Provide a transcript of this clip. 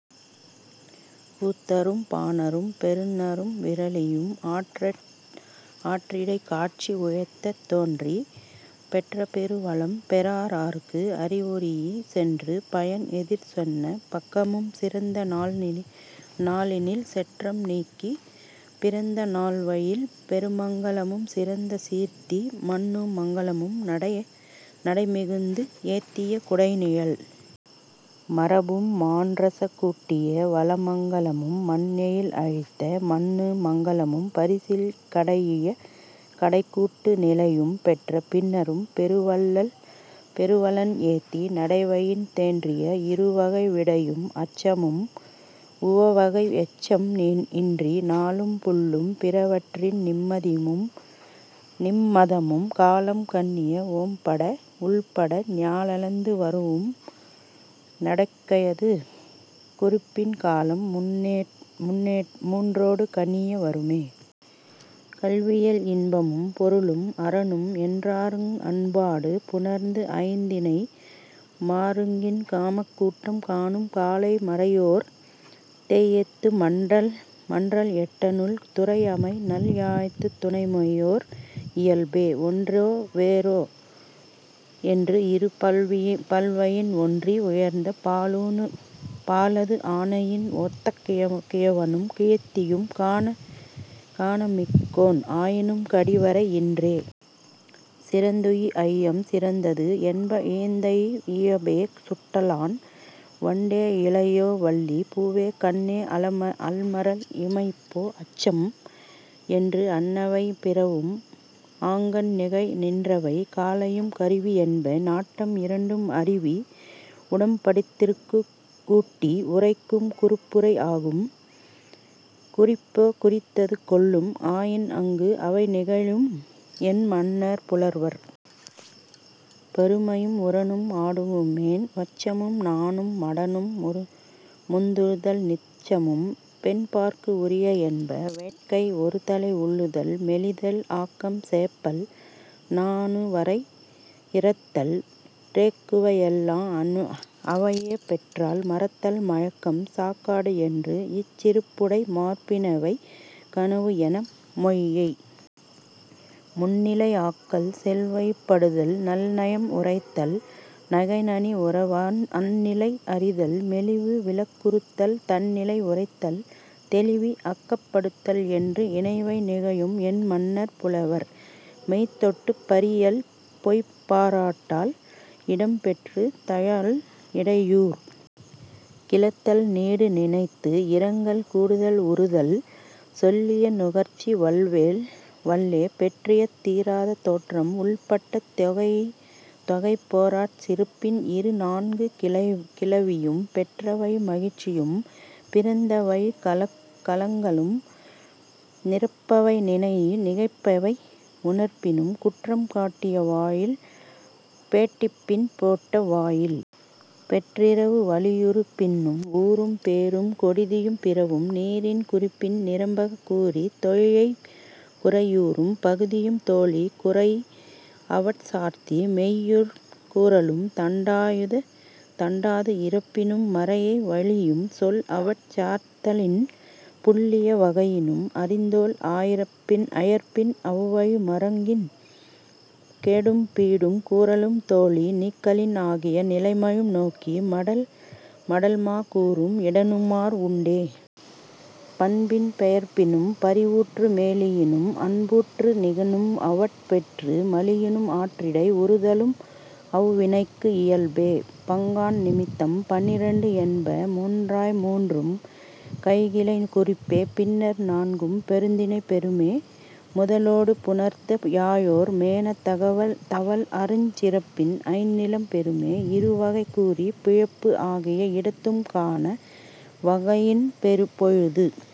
கூத்தரும் பாணரும் பொருநரும் விறலியும் ஆற்றிடைக் காட்சி உறழத் தோன்றி பெற்ற பெரு வளம் பெறாஅர்க்கு அறிவுறீஇ சென்று பயன் எதிரச் சொன்ன பக்கமும் சிறந்த நாளினில் செற்றம் நீக்கி பிறந்த நாள்வயின் பெருமங்கலமும் சிறந்த சீர்த்தி மண்ணுமங்கலமும் நடை மிகுத்து ஏத்திய குடை நிழல் மரபும் மாணார்ச் சுட்டிய வாள்மங்கலமும் மன் எயில் அழித்த மண்ணுமங்கலமும் பரிசில் கடைஇய கடைக்கூட்டு நிலையும் பெற்ற பின்னரும் பெரு வளன் ஏத்தி நடைவயின் தோன்றிய இரு வகை விடையும் அச்சமும் உவகையும் எச்சம் இன்றி நாளும் புள்ளும் பிறவற்றின் நிமித்தமும் காலம் கண்ணிய ஓம்படை உளப்பட ஞாலத்து வரூஉம் நடக்கையது குறிப்பின் காலம் மூன்றொடு கண்ணிய வருமே.. களவியல் இன்பமும் பொருளும் அறனும் என்றாங்கு அன்பொடு புணர்ந்த ஐந்திணை மருங்கின் காமக் கூட்டம் காணும் காலை மறையோர் தேஎத்து மன்றல் எட்டனுள் துறை அமை நல் யாழ்த் துணைமையோர் இயல்பே. ஒன்றே வேறே என்று இரு பால்வயின் ஒன்றி உயர்ந்த பாலது ஆணையின் ஒத்த கிழவனும் கிழத்தியும் காண்ப மிக்கோன் ஆயினும் கடி வரை இன்றே. சிறந்துழி ஐயம் சிறந்தது என்ப இழிந்துழி இழிபே சுட்டலான. வண்டே இழையே வள்ளி பூவே கண்ணே அலமரல் இமைப்பே அச்சம் என்று அன்னவை பிறவும் ஆங்கண் நிகழ நின்றவை களையும் கருவி என்ப. நாட்டம் இரண்டும் அறிவு உடம்படுத்தற்குக் கூட்டி உரைக்கும் குறிப்புரை ஆகும். குறிப்பே குறித்தது கொள்ளும் ஆயின் ஆங்கு அவை நிகழும் என்மனார் புலவர். பெருமையும் உரனும் ஆடூஉ மேன. அச்சமும் நாணும் மடனும் முந்துறுதல் நிச்சமும் பெண்பாற்கு உரிய என்ப. வேட்கை ஒருதலை உள்ளுதல் மெலிதல் ஆக்கம் செப்பல் நாணு வரை இறத்தல் நோக்குவ எல்லாம் அவையே போறல் மறத்தல் மயக்கம் சாக்காடு என்று இச் சிறப்புடை மரபினவை களவு என மொழிப. முன்னிலை ஆக்கல் சொல்வழிப்படுத்தல் நல் நயம் உரைத்தல் நகை நனி உறாஅ அந் நிலை அறிதல் மெலிவு விளக்குறுத்தல் தன் நிலை உரைத்தல் தெளிவு அகப்படுத்தல் என்று இன்னவை நிகழும் என்மனார் புலவர். மெய் தொட்டுப் பயிறல் பொய் பாராட்டல் இடம் பெற்றுத் தழாஅல் இடையூறு கிளத்தல் நீடு நினைந்து இரங்கல் கூடுதல் உறுதல் சொல்லிய நுகர்ச்சி வல்லே பெற்றுழித் தீராத் தேற்றம் உளப்படத் தொகைஇ பேராச் சிறப்பின் இரு நான்கு கிளவியும் பெற்றவழி மகிழ்ச்சியும் பிரிந்தவழிக் கலங்கலும் நிற்பவை நினைஇ நிகழ்பவை உரைப்பினும் குற்றம் காட்டிய வாயில் பெட்பினும் பெட்ட வாயில் பெற்று இரவு வலியுறுப்பினும் ஊரும் பேரும் கெடுதியும் பிறவும் நீரின் குறிப்பின் நிரம்பக் கூறித் தோழியைக் குறையுறும் பகுதியும் தோழி குறை அவட் சார்த்தி மெய்யுறக் கூறலும் தண்டாது இரப்பினும் மற்றைய வழியும் சொல் அவட் சார்த்தலின் புல்லிய வகையினும் அறிந்தோள் அயர்ப்பின் அவ் வழி மருங்கின் கேடும் பீடும் கூறலும் தோழி நீக்கலின் ஆகிய நிலைமையும் நோக்கி மடல் மா கூறும் இடனுமார் உண்டே. பண்பின் பெயர்ப்பினும் பரிவுற்று மெலியினும் அன்புற்று நகினும் அவட் பெற்று மலியினும் ஆற்றிடை உறுதலும் அவ் வினைக்கு இயல்பே. பாங்கன் நிமித்தம் பன்னிரண்டு என்ப. முன்னைய மூன்றும் கைக்கிளைக் குறிப்பே. பின்னர் நான்கும் பெருந்திணை பெறுமே. முதலொடு புணர்ந்த யாழோர் மேன தவல் அருஞ் சிறப்பின் ஐந் நிலம் பெறுமே. இரு வகைக் குறி பிழைப்பு ஆகிய இடத்தும் காணா வகையின் பொழுது